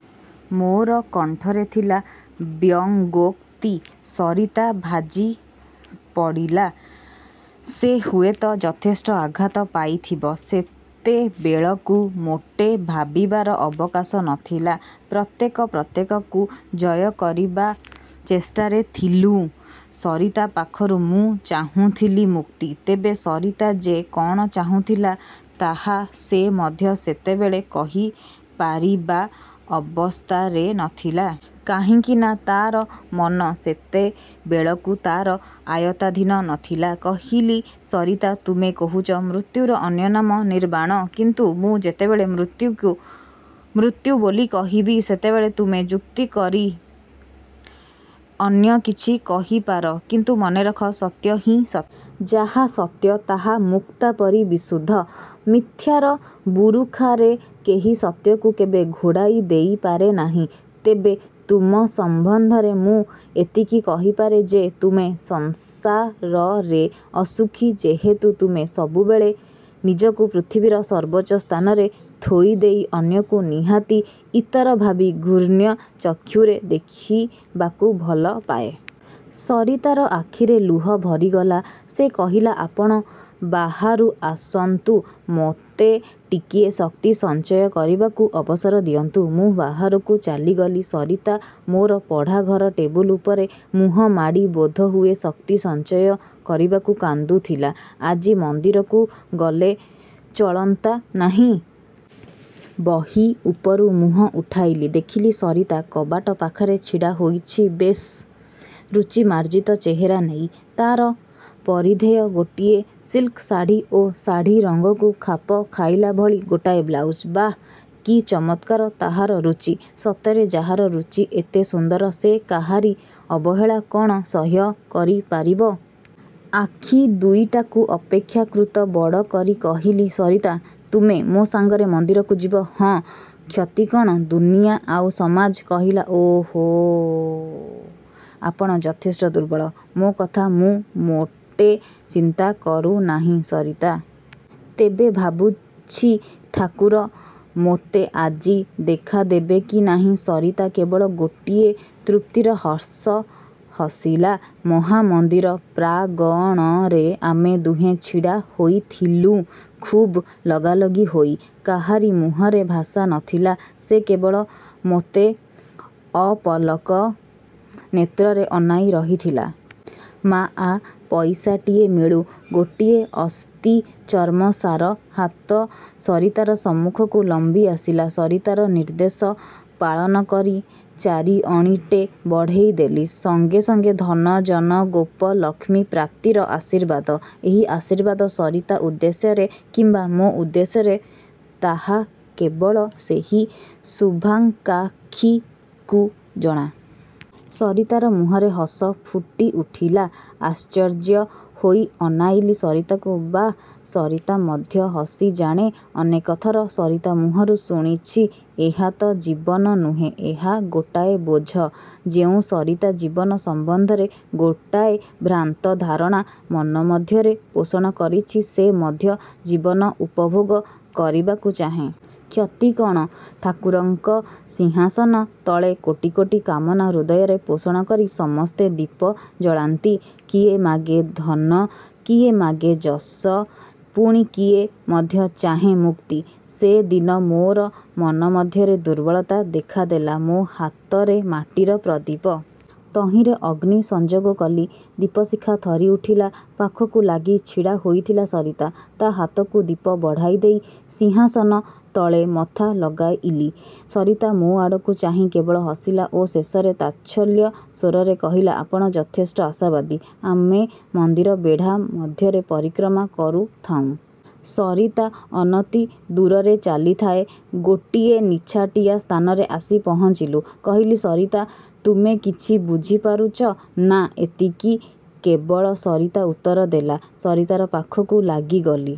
'' ମୋର କଣ୍ଠରେ ଥିଲା ବ୍ୟଙ୍ଗୋକ୍ତି। ସରିତା ଭାଜିପଡ଼ିଲା। ସେ ହୁଏତ ଯଥେଷ୍ଟ ଆଘାତ ପାଇଥିବ। ସେତେବେଳକୁ ମୋଟେ ଭାବିବାର ଅବକାଶ ନ ଥିଲା। ପ୍ରତ୍ୟେକ ପ୍ରତ୍ୟେକକୁ ଜୟ କରିବା ଚେଷ୍ଟାରେ ଥିଲୁଁ। ସରିତା ପାଖରୁ ମୁଁ ଚାହୁଁଥିଲି ମୁକ୍ତି। ତେବେ ସରିତା ଯେ କ'ଣ ଚାହୁଁଥିଲା ତାହା ସେ ମଧ୍ୟ ସେତେବେଳେ କହିପାରିବା ଅବସ୍ଥାରେ ନ ଥିଲା। କାହିଁକିନା ତା'ର ମନ ସେତେବେଳକୁ ତା'ର ଆୟତ୍ତାଧୀନ ନ ଥିଲା। କହିଲି, ''ସରିତା! ତୁମେ କହୁଛ। ମୃତ୍ୟୁର ଅନ୍ୟ ନାମ ନିର୍ବାଣ; କିନ୍ତୁ ମୁଁ ଯେତେବେଳେ ମୃତ୍ୟୁକୁ ମୃତ୍ୟୁ ବୋଲି କହିବି ସେତେବେଳେ ତୁମେ ଯୁକ୍ତିକରି ଅନ୍ୟ କିଛି କହିପାର। କିନ୍ତୁ ମନେରଖ ସତ୍ୟ ହିଁ ସତ୍ୟ। ଯାହା ସତ୍ୟ ତାହା ମୁକ୍ତାପରି ବିଶୁଦ୍ଧ। ମିଥ୍ୟାର ବୁରୁଖାରେ କେହି ସତ୍ୟକୁ କେବେ ଘୋଡ଼ାଇ ଦେଇପାରେ ନାହିଁ। ତେବେ ତୁମ ସମ୍ବନ୍ଧରେ ମୁଁ ଏତିକି କହିପାରେ ଯେ ତୁମେ ସଂସାରରେ ଅସୁଖୀ, ଯେହେତୁ ତୁମେ ସବୁବେଳେ ନିଜକୁ ପୃଥିବୀର ସର୍ବୋଚ୍ଚ ସ୍ଥାନରେ ଥୋଇଦେଇ ଅନ୍ୟକୁ ନିହାତି ଇତର ଭାବି ଘୃଣ୍ୟ ଚକ୍ଷୁରେ ଦେଖିବାକୁ ଭଲପାଏ। '' ସରିତାର ଆଖିରେ ଲୁହ ଭରିଗଲା। ସେ କହିଲା, ''ଆପଣ ବାହାରୁ ଆସନ୍ତୁ। ମୋତେ ଟିକିଏ ଶକ୍ତି ସଞ୍ଚୟ କରିବାକୁ ଅବସର ଦିଅନ୍ତୁ। '' ମୁଁ ବାହାରକୁ ଚାଲିଗଲି। ସରିତା ମୋର ପଢ଼ାଘର ଟେବୁଲ ଉପରେ ମୁହଁମାଡ଼ି ବୋଧହୁଏ ଶକ୍ତି ସଞ୍ଚୟ କରିବାକୁ କାନ୍ଦୁଥିଲା। ''ଆଜି ମନ୍ଦିରକୁ ଗଲେ ଚଳନ୍ତା ନାହିଁ? '' ବହି ଉପରୁ ମୁହଁ ଉଠାଇଲି। ଦେଖିଲି ସରିତା କବାଟ ପାଖରେ ଛିଡ଼ାହୋଇଛି ବେଶ୍ ରୁଚି ମାର୍ଜିତ ଚେହେରା ନେଇ। ତା'ର ପରିଧେୟ ଗୋଟିଏ ସିଲ୍କ ଶାଢ଼ି ଓ ଶାଢ଼ି ରଙ୍ଗକୁ ଖାପ ଖାଇଲାଭଳି ଗୋଟାଏ ବ୍ଲାଉଜ। ବାଃ, କି ଚମତ୍କାର ତାହାର ରୁଚି? ସତରେ ଯାହାର ରୁଚି ଏତେ ସୁନ୍ଦର ସେ କାହାରି ଅବହେଳା କ'ଣ ସହ୍ୟ କରିପାରିବ? ଆଖି ଦୁଇଟାକୁ ଅପେକ୍ଷା କୃତ ବଡ଼ କରି କହିଲି, ''ସରିତା! ତୁମେ ମୋ ସାଙ୍ଗରେ ମନ୍ଦିରକୁ ଯିବ? '' ''ହଁ, କ୍ଷତି କ'ଣ? '' ''ଦୁନିଆ ଆଉ ସମାଜ? '' କହିଲା, ''ଓଃ, ଆପଣ ଯଥେଷ୍ଟ ଦୁର୍ବଳ। '' ''ମୋ କଥା ମୁଁ ମୋଟେ ଚିନ୍ତା କରୁନାହିଁ ସରିତା! ତେବେ ଭାବୁଛି ଠାକୁର ମୋତେ ଆଜି ଦେଖାଦେବେ କି ନାହିଁ? '' ସରିତା କେବଳ ଗୋଟିଏ ତୃପ୍ତିର ହସ ହସିଲା। ମହା ମନ୍ଦିର ପ୍ରାଙ୍ଗଣରେ ଆମେ ଦୁହେଁ ଛିଡ଼ା ହୋଇଥିଲୁଁ ଖୁବ୍ ଲଗାଲଗି ହୋଇ। କାହାରି ମୁହଁରେ ଭାଷା ନ ଥିଲା। ସେ କେବଳ ମୋତେ ଅପଲକ ନେତ୍ରରେ ଅନାଇ ରହିଥିଲା। ''ମାଆ! ପଇସାଟିଏ ମିଳୁ। '' ଗୋଟିଏ ଅସ୍ଥିଚର୍ମସାର ହାତ ସରିତାର ସମ୍ମୁଖକୁ ଲମ୍ବିଆସିଲା। ସରିତାର ନିର୍ଦ୍ଦେଶ ପାଳନ କରି ଚାରିଅଣୀଟେ ବଢ଼େଇ ଦେଲି। ସଙ୍ଗେ ସଙ୍ଗେ ଧନ, ଯନ, ଗୋପ, ଲକ୍ଷ୍ମୀ ପ୍ରାପ୍ତିର ଆଶୀର୍ବାଦ। ଏହି ଆଶୀର୍ବାଦ ସରିତା ଉଦ୍ଦେଶ୍ୟରେ କିମ୍ବା ମୋ ଉଦ୍ଦେଶ୍ୟରେ ତାହା କେବଳ ସେହି ଶୁଭାକାଂକ୍ଷୀକୁ ଜଣା। ସରିତାର ମୁହଁରେ ହସ ଫୁଟିଉଠିଲା। ଆଶ୍ଚର୍ଯ୍ୟ ହୋଇ ଅନାଇଲି ସରିତାକୁ। ବାଃ, ସରିତା ମଧ୍ୟ ହସି ଜାଣେ? ଅନେକଥର ସରିତା ମୁହଁରୁ ଶୁଣିଛି ''ଏହା ତ ଜୀବନ ନୁହେଁ। ଏହା ଗୋଟାଏ ବୋଝ-। '' ଯେଉଁ ସରିତା ଜୀବନ ସମ୍ବନ୍ଧରେ ଗୋଟାଏ ଭ୍ରାନ୍ତଧାରଣା ମନ ମଧ୍ୟରେ ପୋଷଣ କରିଛି ସେ ମଧ୍ୟ ଜୀବନ ଉପଭୋଗ କରିବାକୁ ଚାହେଁ। କ୍ଷତି କ'ଣ? ଠାକୁରଙ୍କ ସିଂହାସନ ତଳେ କୋଟି କୋଟି କାମନା ହୃଦୟରେ ପୋଷଣ କରି ସମସ୍ତେ ଦୀପ ଜଳାନ୍ତି। କିଏ ମାଗେ ଧନ କିଏ ମାଗେ ଯଶ, ପୁଣି କିଏ ମଧ୍ୟ ଚାହେଁ ମୁକ୍ତି। ସେଦିନ ମୋର ମନ ମଧ୍ୟରେ ଦୁର୍ବଳତା ଦେଖାଦେଲା। ମୋ ହାତରେ ମାଟିର ପ୍ରଦୀପ। ତହିଁରେ ଅଗ୍ନି ସଂଯୋଗ କଲି। ଦୀପଶିଖା ଥରିଉଠିଲା। ପାଖକୁ ଲାଗି ଛିଡ଼ାହୋଇଥିଲା ସରିତା। ତା' ହାତକୁ ଦୀପ ବଢ଼ାଇଦେଇ ସିଂହାସନ ତଳେ ମଥା ଲଗାଇଲି। ସରିତା ମୋ ଆଡ଼କୁ ଚାହିଁ କେବଳ ହସିଲା ଓ ଶେଷରେ ତାଚ୍ଛଲ୍ୟ ସ୍ୱରରେ କହିଲା, ''ଆପଣ ଯଥେଷ୍ଟ ଆଶାବାଦୀ। '' ଆମେ ମନ୍ଦିର ବେଢ଼ା ମଧ୍ୟରେ ପରିକ୍ରମା କରୁଥାଉଁ। ସରିତା ଅନତିଦୂରରେ ଚାଲିଥାଏ-। ଗୋଟିଏ ନିଛାଟିଆ ସ୍ଥାନରେ ଆସି ପହଞ୍ଚିଲୁ। କହିଲି, ସରିତା! ତୁମେ କିଛି ବୁଝିପାରୁଛ, ନା' ଏତିକି କେବଳ ସରିତା ଉତ୍ତରଦେଲା। ସରିତାର ପାଖକୁ ଲାଗିଗଲି।